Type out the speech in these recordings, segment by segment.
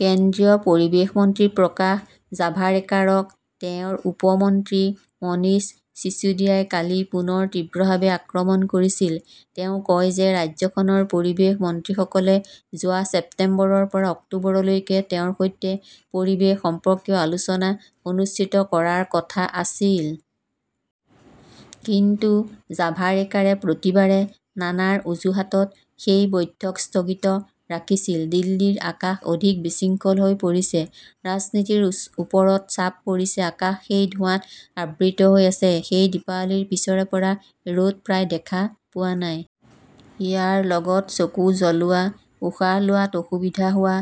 কেন্দ্ৰীয় পৰিৱেশ মন্ত্ৰী প্ৰকাশ জাভাৰেকাৰক তেওঁৰ উপ-মন্ত্ৰী মনীষ চিচুডিয়াই কালি পুনৰ তীব্ৰভাৱে আক্ৰমণ কৰিছিল। তেওঁ কয় যে ৰাজ্যখনৰ পৰিৱেশ মন্ত্ৰীসকলে যোৱা ছেপ্টেম্বৰৰ পৰা অক্টোবৰলৈকে তেওঁৰ সৈতে পৰিৱেশ সম্পৰ্কীয় আলোচনা অনুষ্ঠিত কৰাৰ কথা আছিল। কিন্তু জাভাৰেকাৰে প্ৰতিবাৰে নানাৰ অজুহাতত সেই বৈঠক স্থগিত ৰাখিছিল। দিল্লীৰ আকাশ অধিক বিশৃংখল হৈ পৰিছে, ৰাজনীতিৰ ওপৰত চাপ পৰিছে আকাশ সেই ধোঁৱাত আবৃত হৈ আছে। সেই দীপাৱলীৰ পিছৰে পৰা ৰ'দ প্ৰায় দেখা পোৱা নাই। ইয়াৰ লগত চকু জ্বলোৱা, উশাহ লোৱাত অসুবিধা হোৱা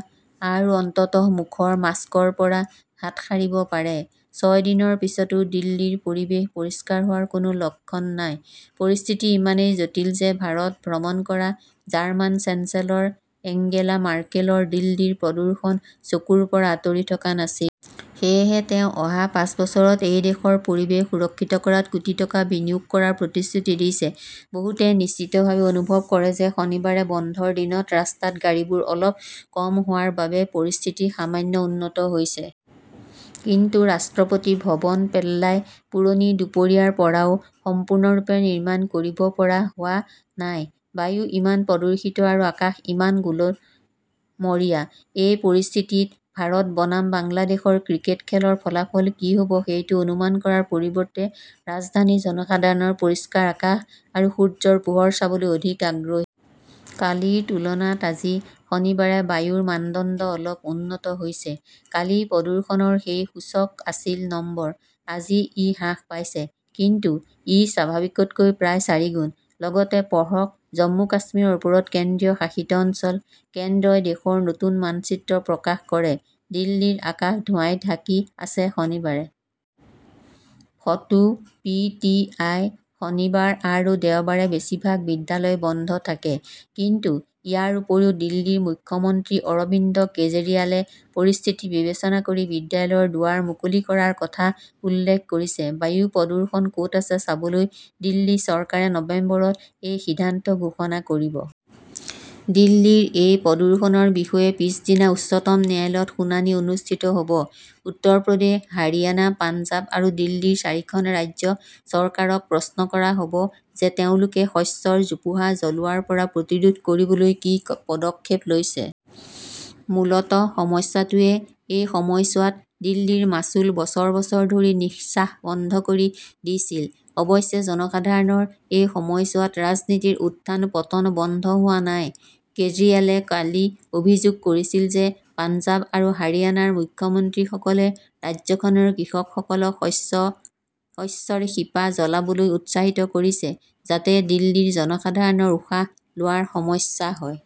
আৰু অন্ততঃ মুখৰ মাস্কৰ পৰা হাত সাৰিব পাৰে। ছয় দিনৰ পিছতো দিল্লীৰ পৰিবেশ পৰিষ্কাৰ হোৱাৰ কোনো লক্ষণ নাই। পৰিস্থিতি ইমানেই জটিল যে ভাৰত ভ্ৰমণ কৰা জাৰ্মান চেঞ্চেলৰ এঙ্গেলা মাৰ্কেলৰ দিল্লীৰ প্ৰদূষণ চকুৰ পৰা আঁতৰি থকা নাছিল। সেয়েহে তেওঁ অহা পাঁচ বছৰত এই দেশৰ পৰিৱেশ সুৰক্ষিত কৰাত কোটি টকা বিনিয়োগ কৰাৰ প্ৰতিশ্ৰুতি দিছে। বহুতে নিশ্চিতভাৱে অনুভৱ কৰে যে শনিবাৰে বন্ধৰ দিনত ৰাস্তাত গাড়ীবোৰ অলপ কম হোৱাৰ বাবে পৰিস্থিতি সামান্য উন্নত হৈছে। কিন্তু ৰাষ্ট্ৰপতি ভৱন পেল্লাই পুৰণি দুপৰীয়াৰ পৰাও সম্পূৰ্ণৰূপে নিৰ্মাণ কৰিব পৰা হোৱা নাই। বায়ু ইমান প্ৰদূষিত আৰু আকাশ ইমান গোলমৰীয়া। এই পৰিস্থিতিত ভাৰত বনাম বাংলাদেশৰ ক্ৰিকেট খেলৰ ফলাফল কি হ'ব সেইটো অনুমান কৰাৰ পৰিৱৰ্তে ৰাজধানীৰ জনসাধাৰণ পৰিষ্কাৰ আকাশ আৰু সূৰ্যৰ পোহৰ চাবলৈ অধিক আগ্ৰহী। কালিৰ তুলনাত আজি শনিবাৰে বায়ুৰ মানদণ্ড অলপ উন্নত হৈছে। কালি প্ৰদূষণৰ সেই সূচক আছিল নম্বৰ। আজি ই হ্ৰাস পাইছে। কিন্তু ই স্বাভাৱিকতকৈ প্ৰায় চাৰিগুণ। লগতে পঢ়ক জম্মু-কাশ্মীৰৰ ওপৰত কেন্দ্ৰীয় শাসিত অঞ্চল, কেন্দ্ৰই দেশৰ নতুন মানচিত্ৰ প্ৰকাশ কৰে, দিল্লীৰ আকাশ ধোঁৱাই ঢাকি আছে শনিবাৰে। Photo P. টি. আই. শনিবাৰ আৰু দেওবাৰে বেছিভাগ বিদ্যালয় বন্ধ থাকে। কিন্তু ইয়াৰ উপৰিও দিল্লীৰ মুখ্যমন্ত্ৰী অৰবিন্দ কেজৰিৱালে পৰিস্থিতি বিবেচনা কৰি বিদ্যালয়ৰ দুৱাৰ মুকলি কৰাৰ কথা উল্লেখ কৰিছে। বায়ু প্ৰদূষণ ক'ত আছে চাবলৈ দিল্লী চৰকাৰে নৱেম্বৰত এই সিদ্ধান্ত ঘোষণা কৰিব। দিল্লীৰ এই প্ৰদূষণৰ বিষয়ে পিছদিনা উচ্চতম ন্যায়ালয়ত শুনানি অনুষ্ঠিত হ "ব। উত্তৰ প্ৰদেশ, হাৰিয়ানা, পঞ্জাৱ আৰু দিল্লীৰ চাৰিখন ৰাজ্য চৰকাৰক প্ৰশ্ন কৰা হ 'ব যে তেওঁলোকে শস্যৰ জোপোহা জ্বলোৱাৰ পৰা প্ৰতিৰোধ কৰিবলৈ কি পদক্ষেপ লৈছে। মূলতঃ সমস্যাটোৱে এই সময়ছোৱাত দিল্লীৰ মাচুল বছৰ বছৰ ধৰি নিঃশ্বাস বন্ধ কৰি দিছিল। অৱশ্যে জনসাধাৰণৰ এই সময়ছোৱাত ৰাজনীতিৰ উত্থান-পতন বন্ধ হোৱা নাই। কেজৰিৱালে কালি অভিযোগ কৰিছিল যে পঞ্জাৱ আৰু হাৰিয়ানাৰ মুখ্যমন্ত্ৰীসকলে ৰাজ্যখনৰ কৃষকসকলক শস্যৰ শিপা জ্বলাইবলৈ উৎসাহিত কৰিছে। যাতে দিল্লীৰ জনসাধাৰণৰ উশাহ লোৱাৰ সমস্যা হয়।